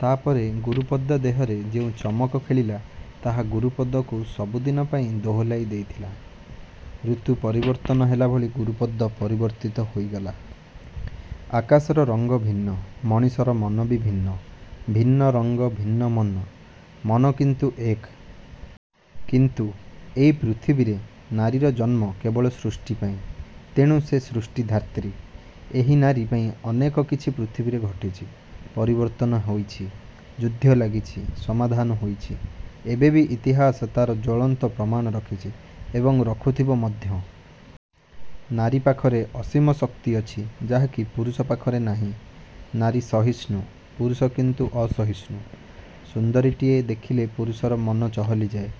ତା'ପରେ ଗୁରୁପଦ ଦେହରେ ଯେଉଁ ଚମକ ଖେଳିଲା ତାହା ଗୁରୁପଦକୁ ସବୁ ଦିନ ପାଇଁ ଦୋହଲାଇ ଦେଇଥିଲା। ଋତୁ ପରିବର୍ତ୍ତନ ହେଲା ଭଳି ଗୁରୁପଦ ପରିବର୍ତ୍ତିତ ହୋଇଗଲା। ଆକାଶର ରଙ୍ଗ ଭିନ୍ନ। ମଣିଷର ମନ ବି ଭିନ୍ନ? ଭିନ୍ନ ରଙ୍ଗ ଭିନ୍ନ ମନ, ମନ କିନ୍ତୁ ଏକ। କିନ୍ତୁ ଏଇ ପୃଥିବୀରେ ନାରୀର ଜନ୍ମ କେବଳ ସୃଷ୍ଟି ପାଇଁ। ତେଣୁ ସେ ସୃଷ୍ଟି ଧାତ୍ରୀ। ଏଇ ନାରୀ ପାଇଁ ଅନେକ କିଛି ପୃଥିବୀରେ ଘଟିଛି, ପରିବର୍ତ୍ତନ ହୋଇଛି। ଯୁଦ୍ଧ ଲାଗିଛି, ସମାଧାନ ହୋଇଛି। ଏବେ ବି ଇତିହାସ ତା'ର ଜ୍ୱଳନ୍ତ ପ୍ରମାଣ ରଖିଛି। ଏବଂ ରଖୁଥିବ ମଧ୍ୟ। ନାରୀ ପାଖରେ ଅସୀମ ଶକ୍ତି ଅଛି ଯାହା କି ପୁରୁଷ ପାଖରେ ନାହିଁ। ନାରୀ ସହିଷ୍ଣୁ, ପୁରୁଷ କିନ୍ତୁ ଅସହିଷ୍ଣୁ। ସୁନ୍ଦରୀଟିଏ ଦେଖିଲେ ପୁରୁଷ ମନ ଚହଲି ଯାଏ,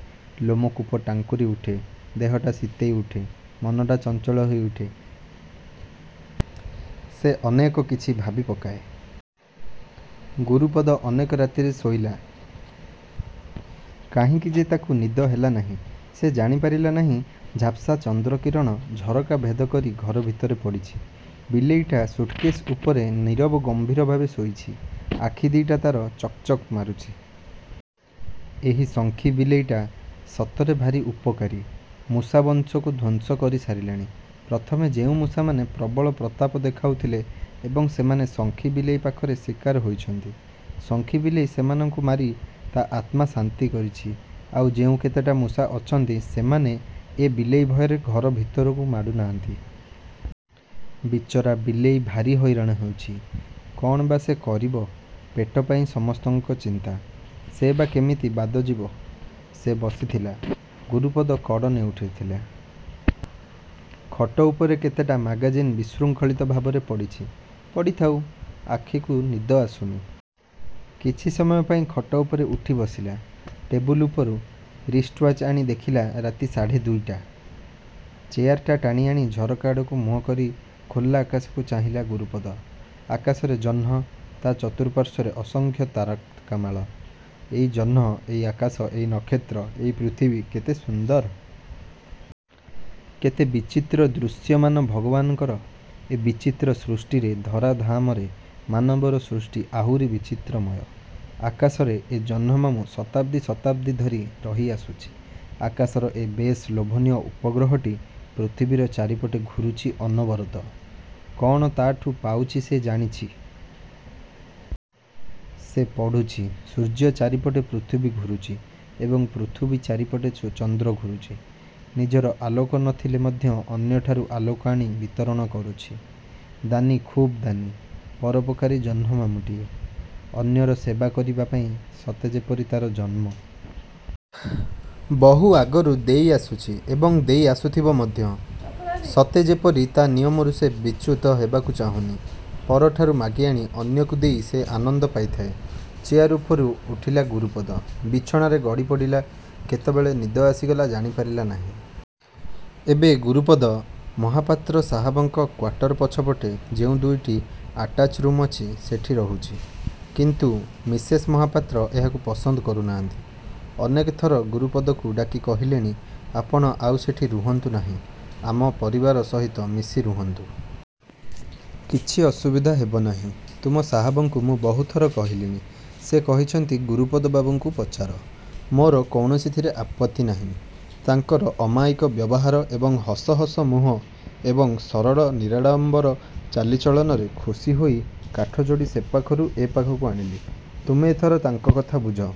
ଲୋମ କୂପ ଟାଙ୍କୁରି ଉଠେ, ଦେହଟା ଶୀତେଇ ଉଠେ, ମନଟା ଚଞ୍ଚଳ ହୋଇଉଠେ। ସେ ଅନେକ କିଛି ଭାବି ପକାଏ। ଗୁରୁପଦ ଅନେକ ରାତିରେ ଶୋଇଲା। କାହିଁକି ଯେ ତା'କୁ ନିଦ ହେଲା ନାହିଁ ସେ ଜାଣି ପାରିଲା ନାହିଁ ଝାପ୍ସା ଚନ୍ଦ୍ରକିରଣ ଝରକା ଭେଦକରି ଘର ଭିତରେ ପଡ଼ିଛି। ବିଲେଇଟା ସୁଟ୍କେଶ ଉପରେ ନୀରବ ଗମ୍ଭୀର ଭାବେ ବସିଛି। ଆଖି ଦି'ଟା ତା'ର ଚକ୍ ଚକ୍ ମାରୁଛି। ଏହି ଶଙ୍ଖି ବିଲେଇଟା ସତରେ ଭାରି ଉପକାରୀ। ମୂଷା ବଂଶକୁ ଧ୍ୱଂସ କରି ସାରିଲାଣି। ପ୍ରଥମେ ଯେଉଁ ମୂଷାମାନେ ପ୍ରବଳ ପ୍ରତାପ ଦେଖାଉଥିଲେ ଏବେ ସେମାନେ ଶଙ୍ଖି ବିଲେଇ ପାଖରେ ଶିକାର ହୋଇଛନ୍ତି। ଶଙ୍ଖି ବିଲେଇ ସେମାନଙ୍କୁ ମାରି ତା' ଆତ୍ମା ଶାନ୍ତି କରିଛି। ଆଉ ଯେଉଁ କେତେଟା ମୂଷା ଅଛନ୍ତି ସେମାନେ ଏ ବିଲେଇ ଭୟରେ ଘର ଭିତର ମାଡ଼ୁ ନାହାନ୍ତି। ବିଚରା ବିଲେଇ ଭାରି ହଇରାଣ ହେଉଛି। କ'ଣ ବା ସେ କରିବ? ପେଟ ପାଇଁ ସମସ୍ତଙ୍କ ଚିନ୍ତା। ସେ ବା କେମିତି ବାଦ ଯିବ? ସେ ବସିଥିଲା। ଗୁରୁପଦ କଡ଼ ନେଉଟାଇଲା। ଖଟ ଉପରେ କେତେଟା ମାଗାଜିନ୍ ବିଶୃଙ୍ଖଳିତ ଭାବରେ ପଡ଼ିଛି। ପଡ଼ିଥାଉ। ଆଖିକୁ ନିଦ ଆସୁନି। କିଛି ସମୟ ପାଇଁ ଖଟ ଉପରେ ଉଠି ବସିଲା। ଟେବୁଲ ଉପରୁ ରିଷ୍ଟ୍ଓ୍ୱାଚ ଆଣି ଦେଖିଲା ରାତି ସାଢ଼େ ଦୁଇଟା। ଚେୟାରଟା ଟାଣି ଆଣି ଝରକା ଆଡ଼କୁ ମୁଁହ କରି ଖୋଲା ଆକାଶକୁ ଚାହିଁଲା ଗୁରୁପଦ। ଆକାଶରେ ଜହ୍ନ। ତା' ଚତୁଃପାର୍ଶ୍ୱରେ ଅସଂଖ୍ୟ ତାରକାମାଳ। ଏଇ ଜହ୍ନ, ଏଇ ଆକାଶ, ଏଇ ନକ୍ଷେତ୍ର, ଏଇ ପୃଥିବୀ, କେତେ ସୁନ୍ଦର। କେତେ ବିଚିତ୍ର ଦୃଶ୍ୟମାନ ଭଗବାନଙ୍କର, ଏ ବିଚିତ୍ର ସୃଷ୍ଟିର ଧରାଧାମରେ ମାନବର ସୃଷ୍ଟି ଆହୁରି ବିଚିତ୍ରମୟ। ଆକାଶରେ ଏ ଜହ୍ନମାମୁଁ ଶତାବ୍ଦୀ ଶତାବ୍ଦୀ ଧରି ରହି ଆସୁଛି। ଆକାଶର ଏ ବେଶ୍ ଲୋଭନୀୟ ଉପଗ୍ରହଟି। ପୃଥିବୀର ଚାରିପଟେ ଘୁରୁଛି ଅନବରତ। କ'ଣ ତା'ଠୁ ପାଉଛି ସେ ଜାଣିଛି। ସେ ପଢ଼ୁଛି, ସୂର୍ଯ୍ୟ ଚାରିପଟେ ପୃଥିବୀ ଘୁରୁଛି ଏବଂ ପୃଥିବୀ ଚାରିପଟେ ଚନ୍ଦ୍ର ଘୂରୁଛି, ନିଜର ଆଲୋକ ନଥିଲେ ମଧ୍ୟ ଅନ୍ୟଠାରୁ ଆଲୋକ ଆଣି ବିତରଣ କରୁଛି। ଦାନୀ ଖୁବ୍ ଦାନୀ। ପରୋପକାରୀ ଜହ୍ନମାମୁଁଟି। ଅନ୍ୟର ସେବା କରିବା ପାଇଁ ସତେ ଯେପରି ତା'ର ଜନ୍ମ। ବହୁ ଆଗରୁ ଦେଇ ଆସୁଛି ଏବଂ ଦେଇ ଆସୁଥିବ ମଧ୍ୟ। ସତେ ଯେପରି ତା' ନିୟମରୁ ସେ ବିଚ୍ୟୁତ ହେବାକୁ ଚାହୁଁନି? ପରଠାରୁ ମାଗି ଆଣି ଅନ୍ୟକୁ ଦେଇ ସେ ଆନନ୍ଦ ପାଇଥାଏ। ଚେୟାର ଉପରୁ ଉଠିଲା ଗୁରୁପଦ। ବିଛଣାରେ ଗଡ଼ି ପଡ଼ିଲା କେତେବେଳେ ନିଦ ଆସିଲା ଜାଣି ପାରିଲା ନାହିଁ। ଏବେ ଗୁରୁପଦ, ମହାପାତ୍ର ସାହାବଙ୍କ କ୍ୱାଟର ପଛପଟେ ଯେଉଁ ଦୁଇଟି ଆଟାଚ୍ ରୁମ୍ ଅଛି ସେଠି ରହୁଛି। କିନ୍ତୁ ମିସେସ୍ ମହାପାତ୍ର ଏହାକୁ ପସନ୍ଦ କରୁନାହାନ୍ତି। ଅନେକ ଥର ଗୁରୁପଦକୁ ଡାକି କହିଲେଣି ଆପଣ ଆଉ ସେଠି ରୁହନ୍ତୁ ନାହିଁ। ଆମ ପରିବାର ସହିତ ମିଶି ରୁହନ୍ତୁ। କିଛି ଅସୁବିଧା ହେବ ନାହିଁ। ତୁମ ସାହାବଙ୍କୁ ମୁଁ ବହୁଥର କହିଲିଣି, ସେ କହିଛନ୍ତି ଗୁରୁପଦ ବାବୁଙ୍କୁ ପଚାର। ମୋର କୌଣସିଥିରେ ଆପତ୍ତି ନାହିଁ। ତାଙ୍କର ଅମାୟିକ ବ୍ୟବହାର ଏବଂ ହସ ହସ ମୁହଁ ଏବଂ ସରଳ ନିରାଡ଼ମ୍ୱର ଚାଲିଚଳନରେ ଖୁସି ହୋଇ କାଠଯୋଡ଼ି ସେପାଖରୁ ଏ ପାଖକୁ ଆଣିଲି। ତୁମେ ଏଥର ତାଙ୍କ କଥା ବୁଝ।